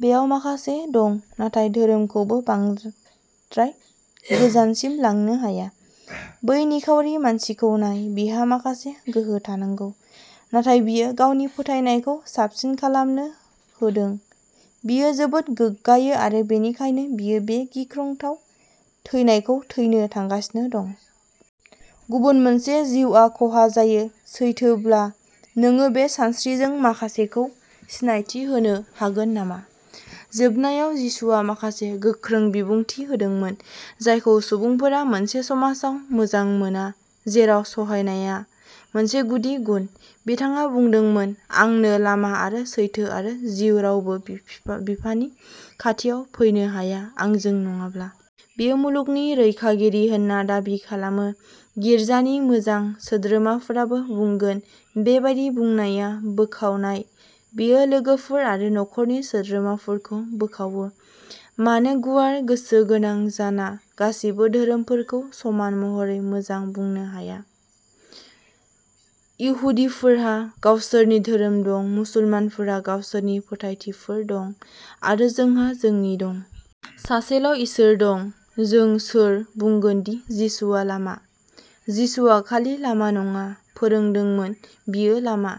बेयाव माखासे दं नाथाय धोरोमखौबो बांद्राय गोजानसिम लांनो हाया। बै निखावरि मानसिखौ नाय। बिहा माखासे गोहो थानांगौ, नाथाय बियो गावनि फोथायनायखौ साबसिन खालामनो होदों। बियो जोबोद गोग्गायो आरो बेनिखायनो बियो बे गिख्रंथाव थैनायखौ थैनो थांगासिनो दं। गुबुन मोनसे जिउआ खहा जायो। सैथोब्ला नोङो बे सानस्रिजों माखासेखौ सिनायथि होनो हागोन नामा? जोबनायाव, जिसुआ माखासे गोख्रों बिबुंथि होदोंमोन जायखौ सुबुंफोरा मोनसे समाजाव मोजां मोना जेराव सहायनाया मोनसे गुदि गुन। बिथाङा बुंदोंमोन, "आंनो लामा आरो सैथो आरो जिउ रावबो बिफिफानि खाथियाव फैनो हाया आंजों नङाब्ला।" बियो मुलुगनि रैखागिरि होनना दाबि खालामो। गिरजानि मोजां सोद्रोमाफोराबो बुंगोन, बेबादि बुंनाया बोखावनाय। बेयो लोगोफोर आरो नखरनि सोद्रोमाफोरखौ बोखावो। मानो गुवार गोसो गोनां जाना गासिबो धोरोमफोरखौ समान महरै मोजां बुंनो हाया? इहुदिफोरहा गावसोरनि धोरोम दं, मुसलमानफोरा गावसोरनि फोथायथिफोर दं, आरो जोंहा जोंनि दं। सासेल' इसोर दं। जों सोर बुंगोन दि जिसुआ लामा? जिसुआ खालि लामा नङा फोरोंदोंमोन बियो लामा।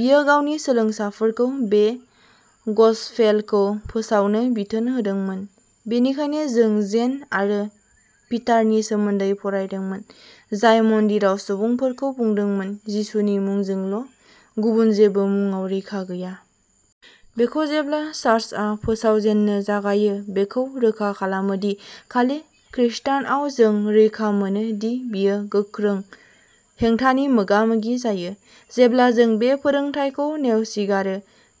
बियो गावनि सोलोंसाफोरखौ बे गसपेलखौ फोसावनो बिथोन होदोंमोन। बेनिखायनो जों जेन आरो पिटारनि सोमोन्दै फरायदोंमोन, जाय मन्दिराव सुबुंफोरखौ बुंदोंमोन, "जिसुनि मुंजोंल' गुबुन जेबो मुङाव रैखा गैया"। बेखौ जेब्ला चार्चआ फोसावजेननो जागायो बेखौ रोखा खालामो दि खालि ख्रिस्टा’नाव जों रैखा मोनो दि बेयो गोख्रों हेंथानि मोगा-मोगि जायो। जेब्ला जों बे फोरोंथायखौ नेवसिगारो,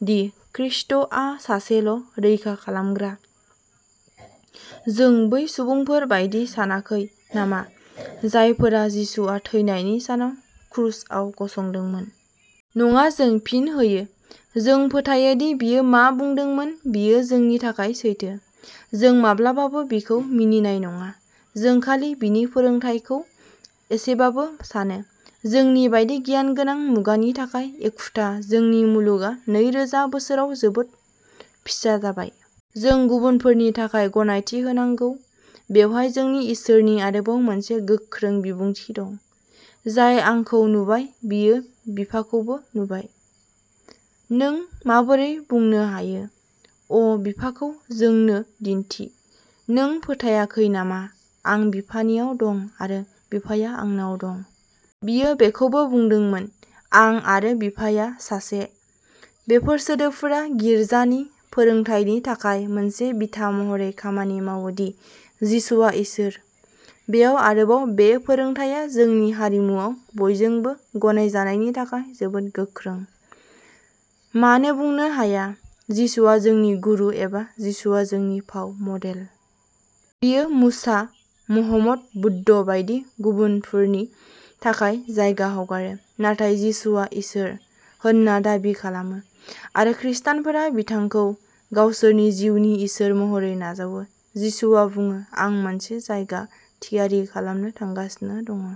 दि ख्रिस्ट’आ सासेल' रैखा खालामग्रा, जों बै सुबुंफोर बायदि सानाखै नामा जायफोरा जिसुआ थैनायनि सानाव क्रुसआव गसंदोंमोन? नङा, जों फिन होयो, जों फोथायो दि बियो मा बुंदोंमोन बेयो जोंनि थाखाय सैथो। जों माब्लाबाबो बिखौ मिनिनाय नङा। जों खालि बिनि फोरोंथायखौ एसेबाबो सानो। जोंनि बायदि गियानगोनां मुगानि थाखाय एखुथा। जोंनि मुलुगआ नै रोजा बोसोराव जोबोद फिसा जाबाय। जों गुबुनफोरनि थाखाय गनायथि होनांगौ। बेवहाय जोंनि इसोरनि आरोबाव मोनसे गोख्रों बिबुंथि दं, "जाय आंखौ नुबाय, बियो बिफाखौबो नुबाय। नों माबोरै बुंनो हायो, अ बिफाखौ जोंनो दिन्थि। नों फोथायाखै नामा आं बिफानियाव दं, आरो बिफाया आंनाव दं। बियो बेखौबो बुंदोंमोन, "आं आरो बिफाया सासे।" बेफोर सोदोबफोरा गिरजानि फोरोंथायनि थाखाय मोनसे बिथा महरै खामानि मावो दि जिसुआ इसोर। बेयाव आरोबाव बे फोरोंथाया जोंनि हारिमुआव बयजोंबो गनायजानायनि थाखाय जोबोद गोख्रों। मानो बुंनो हाया, जिसुआ जोंनि गुरु एबा जिसुआ जोंनि फाव मडेल। बेयो मुसा, महम्मद, बुद्ध बायदि गुबुनफोरनि थाखाय जायगा हगारो। नाथाय जिसुआ इसोर होनना दाबि खालामो, आरो ख्रिस्टानफोरा बिथांखौ गावसोरनि जिउनि इसोर महरै नाजावो। जिसुआ बुङो, "आं मोनसे जायगा थियारि खालामनो थांगासिनो दं।